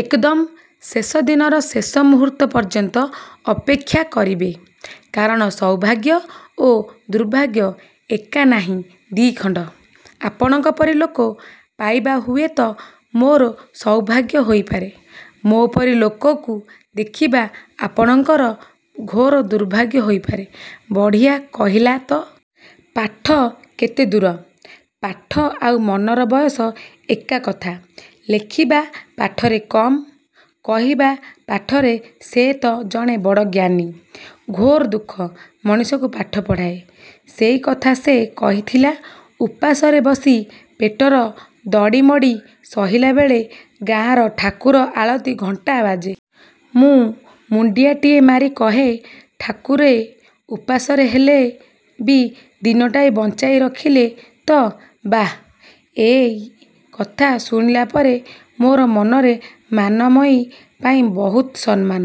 ଏକଦମ୍ ଶେଷ ଦିନର ଶେଷ ମୁହୂର୍ତ୍ତ ପର୍ଯ୍ୟନ୍ତ ଅପେକ୍ଷା କରିବେ। କାରଣ ସୌଭାଗ୍ୟ ଓ ଦୁର୍ଭାଗ୍ୟ ଏକା ନାହି ଦି'ଖଣ୍ଡ। ଆପଣଙ୍କ ପରି ଲୋକ ପାଇବା ହୁଏ ତ ମୋର ସୌଭାଗ୍ୟ ହେଇପାରେ। ମୋ'ପରି ଲୋକକୁ ଦେଖିବା ଆପଣଙ୍କର ଘୋର ଦୁର୍ଭାଗ୍ୟ ହେଇପାରେ। -ବଢ଼ିଆ କହିଲା ତ। ପାଠ କେତେ ଦୂର? -ପାଠ ଆଉ ମନର ବୟସ ଏକା କଥା। ଲେଖିବା ପାଠରେ କମ୍। କହିବା ପାଠରେ ସେ ତ ଜଣେ ବଡ଼ ଜ୍ଞାନୀ। ଘୋର ଦୁଃଖ ମଣିଷକୁ ପାଠ ପଢ଼ାଏ। ସେଇ କଥା ସେ କହିଥିଲା-ଉପାସରେ ବସି ପେଟର ଦଡ଼ିମଡ଼ି ସହିଲା ବେଳେ ଗାଁର ଠାକୁର ଆଳତି ଘଣ୍ଟା ବାଜେ। ମୁଁ ମୁଣ୍ଡିଆଟିଏ ମାରି କହେ-ଠାକୁରେ! ଉପାସରେ ହେଲେ ବି ଦିନଟାଏ ବଞ୍ଚାଇ ରଖିଲ ତ। -ବାଃ। -ଏଇ କଥା ଶୁଣିଲା ପରେ ମୋର ମନରେ ମାନମୟୀ ପାଇଁ ବହୁତ ସମ୍ମାନ।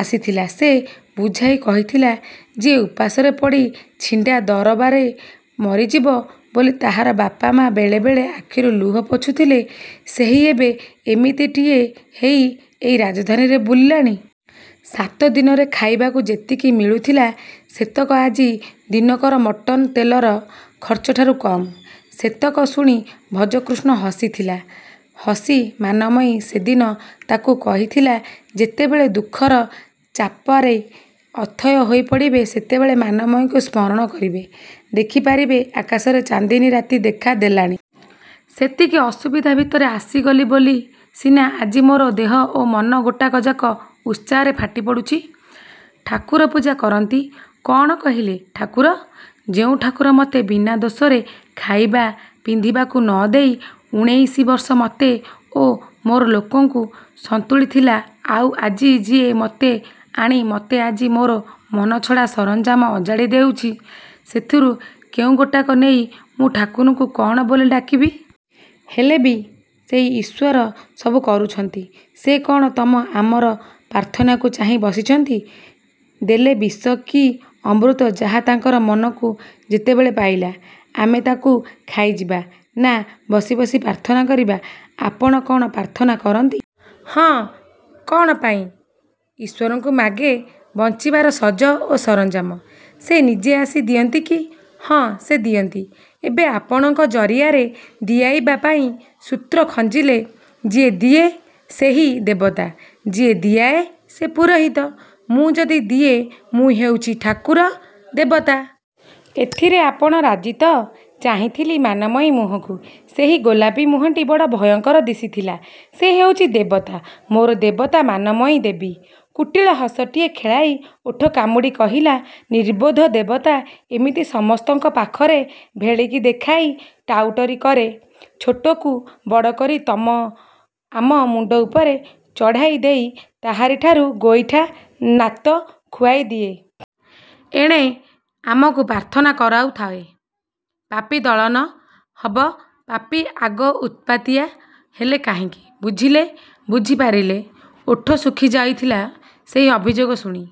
ଆସିଥିଲା-। ସେ ବୁଝାଇ କହିଥିଲା-ଯିଏ ଉପାସରେ ପଡ଼ି ଛିଣ୍ଡା ଦରବାରେ ମରିଯିବ ବୋଲି ତାହାର ବାପା ମା ବେଳେବେଳେ ଆଖିରୁ ଲୁହ ପୋଛୁଥିଲେ ସେହି ଏବେ ଏମିତିଟିଏ ହେଇ ଏଇ ରାଜଧାନୀରେ ବୁଲିଲାଣି। ସାତଦିନରେ ଖାଇବାକୁ ଯେତିକି ମିଳୁଥିଲା ସେତକ ଆଜି ଦିନକର ମଟର ତେଲର ଖର୍ଚ୍ଚଠାରୁ କମ୍। ସେତକ ଶୁଣି ଭଜକୃଷ୍ଣ ହସିଥିଲା। ହସି ମାନମୟୀ ସେଦିନ ତା'କୁ କହିଥିଲା-ଯେତେବେଳେ ଦୁଃଖର ଚାପାରେ ଅଥୟ ହୋଇପଡ଼ିବେ ସେତେବେଳେ ମାନମୟୀକୁ ସ୍ମରଣ କରିବେ। ଦେଖି ପାରିବେ ଆକାଶରେ ଚାନ୍ଦିନୀରାତି ଦେଖା ଦେଲାଣି। ସେତିକି ଅସୁବିଧା ଭିତରେ ଆସିଗଲି ବୋଲି ସିନା ଆଜି ମୋର ଦେହ ଓ ମନ ଗୋଟାକ ଯାକ ଉତ୍ସାହରେ ଫାଟି ପଡ଼ୁଛି। -ଠାକୁର ପୂଜା କରନ୍ତି? -କ'ଣ କହିଲେ? ଠାକୁର? ଯେଉଁ ଠାକୁର ମତେ ବିନା ଦୋଷରେ ଖାଇବା ପିନ୍ଧିବାକୁ ନ ଦେଇ ଉଣେଇଶି ବର୍ଷ ମତେ ଓ ମୋର ଲୋକଙ୍କୁ ସନ୍ତୁଳିଥିଲା ଆଉ ଆଜି ଯିଏ ମତେ ଆଣି ମତେ ଆଜି ମୋର ମନଛଡ଼ା ସରଞ୍ଜାମ ଅଜାଡ଼ି ଦେଇଛି ସେଥିରୁ କେଉଁଗୋଟିକ ନେଇ ମୁଁ ଠାକୁରଙ୍କୁ କ'ଣ ବୋଲି ଡାକିବି? -ହେଲେ ବି ସେହି ଈଶ୍ୱର ସବୁ କରୁଛନ୍ତି। -ସେ କ'ଣ ତମ ଆମର ପ୍ରାର୍ଥନାକୁ ଚାହିଁ ବସିଛନ୍ତି। ଦେଲେ ବିଷ କି ଅମୃତ ଯାହା ତାଙ୍କର ମନକୁ ଯେତେବେଳେ ପାଇଲା। ଆମେ ତା'କୁ ଖାଇଯିବା ନା ବସି ବସି ପ୍ରାର୍ଥନା କରିବା-? ଆପଣ କ'ଣ ପ୍ରାର୍ଥନା କରନ୍ତି? -ହଁ। -କ'ଣ ପାଇଁ? -ଈଶ୍ୱରଙ୍କୁ ମାଗେ ବଞ୍ଚିବାର ସଜ ଓ ସରଞ୍ଜାମ। -ସେ ନିଜେ ଆସି ଦିଅନ୍ତି କି? -ହଁ, ସେ ଦିଅନ୍ତି। ଏବେ ଆପଣଙ୍କ ଜରିଆରେ ଦିଆଇବା ପାଇଁ ସୂତ୍ର ଖଞ୍ଜିଲେ। -ଯିଏ ଦିଏ ସେହି ଦେବତା। ଯିଏ ଦିଆଏ ସେ ପୁରୋହିତ। ମୁଁ ଯଦି ଦିଏ ମୁଁ ହେଉଛି ଠାକୁର-ଦେବତା। ଏଥିରେ ଆପଣ ରାଜି ତ? -ଚାହିଁଥିଲି ମାନମୟୀ ମୁହଁକୁ। ସେହି ଗୋଲାପୀ ମୁହଁଟି ବଡ଼ ଭୟଙ୍କର ଦିଶିଥିଲା। ସେ ହେଉଛି ଦେବତା-ମୋର ଦେବତା-ମାନମୟୀ ଦେବୀ। କୁଟିଳ ହସଟିଏ ଖେଳାଇ ଓଠ କାମୁଡ଼ି କହିଲା-ନିର୍ବୋଧ ଦେବତା ଏମିତି ସମସ୍ତଙ୍କ ପାଖରେ ଭେଳିକି ଦେଖାଇ ଟାଉଟରି କରେ। ଛୋଟକୁ ବଡ଼ କରି ତମ ଆମ ମୁଣ୍ଡ ଉପରେ ଚଢ଼ାଇ ଦେଇ ତାହାରିଠାରୁ ଗୋଇଠା ନାତ ଖୁଆଇ ଦିଏ। ଏଣେ ଆମକୁ ପ୍ରାର୍ଥନା କରାଉଥାଏ। ପାପୀ-ଦଳନ ହବ-ପାପୀ ଆଗ ଉତ୍ପାତିଆ ହେଲେ କାହିଁକି? -ବୁଝିଲେ? ବୁଝି ପାରିଲେ? -ଓଠ ଶୁଖି ଯାଇଥିଲା ସେହି ଅଭିଯୋଗ ଶୁଣି।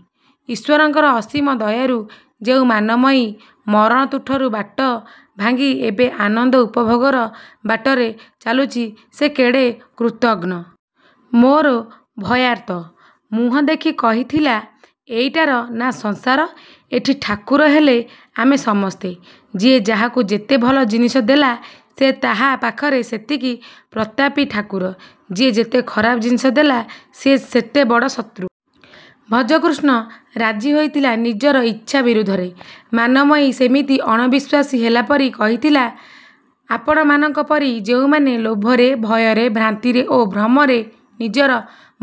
ଈଶ୍ୱରଙ୍କର ଅସୀମ ଦୟାରୁ ଯେଉଁ ମାନମୟୀ ମରଣତୁଠରୁ ବାଟ ଭାଙ୍ଗି ଏବେ ଆନନ୍ଦ ଉପଭୋଗର ବାଟରେ ଚାଲୁଛି ସେ କେଡ଼େ କୃତଘ୍ନ। -ମୋର ଭୟାର୍ତ୍ତ ମୁହଁ ଦେଖି କହିଥିଲା ଏଇଟାର ନାଁ ସଂସାର, ଏଠି ଠାକୁର ହେଲେ ଆମେ ସମସ୍ତେ। ଯିଏ ଯାହାକୁ ଯେତେ ଭଲ ଜିନିଷ ଦେଲା ସେ ତାହା ପାଖରେ ସେତିକି ପ୍ରତାପୀ ଠାକୁର। ଯିଏ ଯେତେ ଖରାପ ଜିନିଷ ଦେଲା ସିଏ ସେତେ ବଡ଼ ଶତ୍ରୁ। ଭଜକୃଷ୍ଣ ରାଜି ହୋଇଥିଲା ନିଜର ଇଛା ବିରୁଦ୍ଧରେ। ମାନମୟୀ ସେମିତି ଅଣବିଶ୍ୱାସୀ ହେଲାପରି କହିଥିଲା-ଆପଣମାନଙ୍କ ପରି ଯେଉଁମାନେ ଲୋଭରେ, ଭୟରେ, ଭ୍ରାନ୍ତିରେ ଓ ଭ୍ରମରେ ନିଜର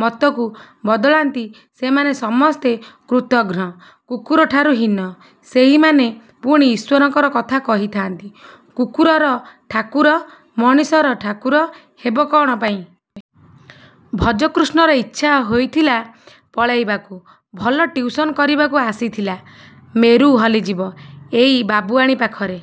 ମତକୁ ବଦଳାନ୍ତି ସେମାନେ ସମସ୍ତେ କୃତଘ୍ନ-କୁକୁରଠାରୁ ହୀନ। ସେହିମାନେ ପୁଣି ଈଶ୍ୱରଙ୍କର କଥା କହିଥାନ୍ତି। କୁକୁରର ଠାକୁର ମଣିଷର ଠାକୁର ହେବେ କ'ଣ ପାଇଁ? ଭଜକୃଷ୍ଣର ଇଚ୍ଛା ହୋଇଥିଲା ପଳାଇବାକୁ-ଭଲ ଟିଉସନ୍ କରିବାକୁ ଆସିଥିଲା। ମେରୁ ହଲିଯିବ ଏଇ ବାବୁଆଣୀ ପାଖରେ।